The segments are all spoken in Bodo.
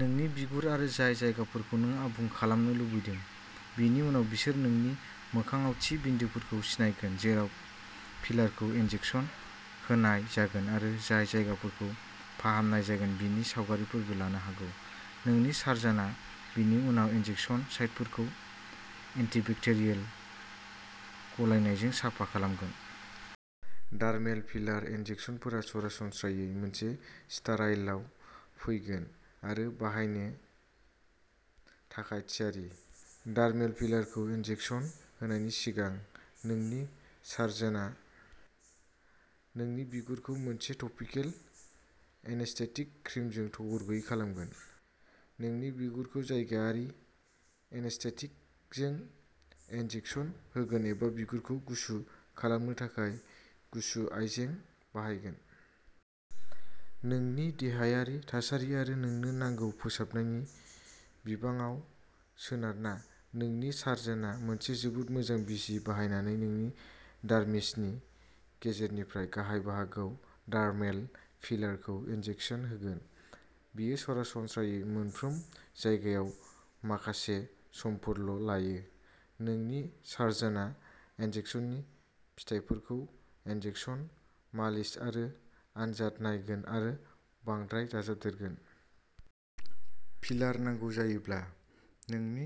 नोंनि बिगुर आरो जाय जायगाफोरखौ नों आबुं खालामनो लुबैदों। बेनि उनाव बिसोर नोंनि मोखांआव थि बिन्दोफोरखौ सिनगोन जेराव फिलारखौ इनजेकसन होनाय जागोन आरो जाय जायगाफोरखौ फाहामनाय जागोन बेनि सावगारिफोरबो लानो हागौ। नोंनि सार्जनआ बेनि उनाव इनजेकसन साइटफोरखौ एन्टिबेक्टेरियल गलायनायजों साफा खालामगोन। डार्मेल फिलार इनजेकसनफोरा सरासनस्रायै मोनसे स्टेराइलआव फैगोन आरो बाहायनो थाखाय थियारि। डार्मेल फिलारखौ इनजेकसन होनायनि सिगां, नोंनि सार्जनआ नोंनि बिगुरखौ मोनसे टपिकेल एनेस्थेटिक क्रिमजों थरगैयै खालामगोन। नोंनि बिगुरखौ जायगायारि एनेस्थेटिकजों इनजेकसन होगोन एबा बिगुरखौ गुसु खालामनो थाखाय गुसु आइजें बाहायगोन। नोंनि देहायारि थासारि आरो नोंनो नांगौ फोसाबनायनि बिबाङाव सोनारना, नोंनि सार्जनआ मोनसे जोबोद मोजां बिजि बाहायनानै नोंनि डार्मिसनि गेजेरनिफ्राय गाहाय बाहागोआव डार्मेल फिलारखौ इनजेकसन होगोन। बेयो सरासनस्रायै मोनफ्रोम जायगायाव माखासे समफोरल'लायो। नोंनि सार्जनआ इनजेकसननि फिथायफोरखौ इनजेकसन, मालिस आरो आनजाद नायगोन आरो बांद्राय दाजाबदेरगोन। फिलार नांगौ जायोब्ला। नोंनि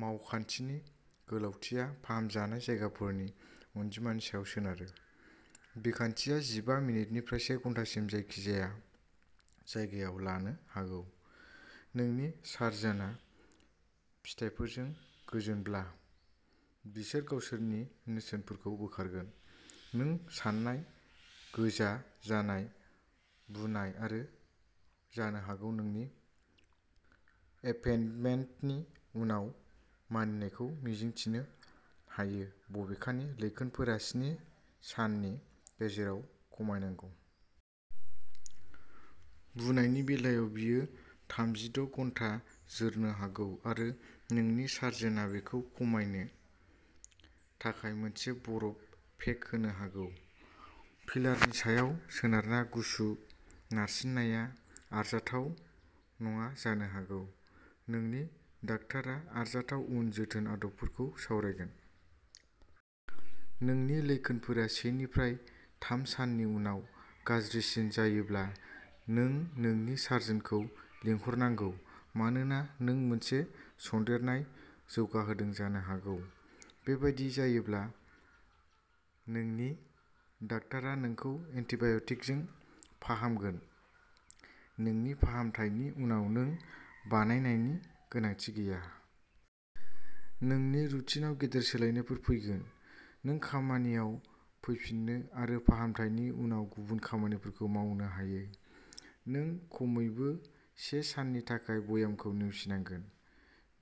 मावखान्थिनि गोलावथिया फाहामजानाय जायगाफोरनि अनजिमानि सायाव सोनारो। बिखान्थिया जिबा मिनिटनिफ्राय से घन्टासिम जायखिजाया जायगायाव लानो हागौ। नोंनि सार्जनआ फिथायफोरजों गोजोनब्ला, बिसोर गावसोरनि नेरसोनफोरखौ बोखारगोन। नों सानाय, गोजा जानाय, बुनाय आरो जानो हागौ नोंनि एपइन्टमेन्टनि उनाव मानिनायखौ मिजिंथिनो हायो बबेखानि लैखोनफोरा स्नि साननि गेजेराव खमायनांगौ। बुनायनि बेलायाव बेयो थाम जिद' घन्टा जोरनो हागौ आरो नोंनि सार्जनआ बेखौ खमायनो थाखाय मोनसे बरफ पेक होनो हागौ। फिलारनि सायाव सोनारना गुसु नारसिननाया आरजाथाव नङा जानो हागौ। नोंनि डाक्टारआ आरजाथाव उन जोथोन आदबफोरखौ सावरायगोन। नोंनि लैखोनफोरा से निफ्राय थाम साननि उनाव गाज्रिसिन जायोब्ला नों नोंनि सार्जनखौ लिंहरनांगौ मानोना नों मोनसे सन्देरनाय जौगाहोदों जानो हागौ। बेबादि जायोब्ला नोंनि डाक्टारआ नोंखौ एन्टिबाय'टिकजों फाहामगोन। नोंनि फाहामथायनि उनाव नों बानायनायनि गोनांथि गैया। नोंनि रुटिनआव गेदेर सोलायनायफोर फैगोन। नों खामानियाव फैफिनो आरो फाहामथायनि उनाव गुबुन खामानिफोरखौ मावनो हायो। नों खमैबो से साननि थाखाय ब्यामखौ नेवसिनांगोन।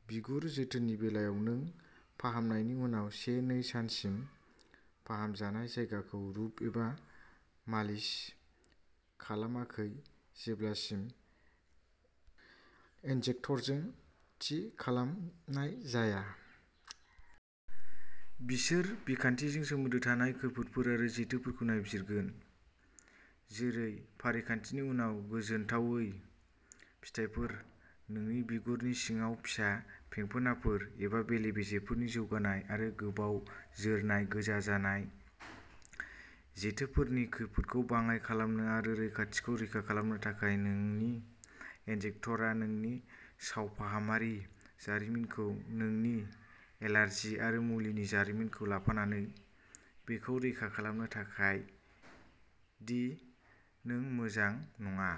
बिगुर जोथोननि बेलायाव नों फाहामनायनि उनाव से-नै सानसिम फाहामजानाय जायगाखौ रुब एबा मालिस खालामाखै जेब्लासिम इन्जेक्टरजों थि खालामनाय जाया। बिसोर बिखान्थिजों सोमोन्दो थानाय खैफोदफोर आरो जेथोफोरखौ नायबिजिरगोन। जेरै फारिखान्थिनि उनाव गोजोनथावै फिथायफोर नोंनि बिगुरनि सिङाव फिसा फेंफोनाफोर एबा बेले-बेजेफोरनि जौगानाय आरो गोबाव जोरनाय गोजा जानाय। जेथोफोरनि खैफोदखौ बाङाइ खालामनो आरो रैखाथिखौ रोखा खालामनो थाखाय नोंनि इन्जेक्टरआ नोंनि सावफाहामारि जारिमिनखौ नोंनि एलार्जि आरो मुलिनि जारिमिनखौ लाफानानै, बेखौ रोखा खालामनो थाखाय दि नों मोजां नङा।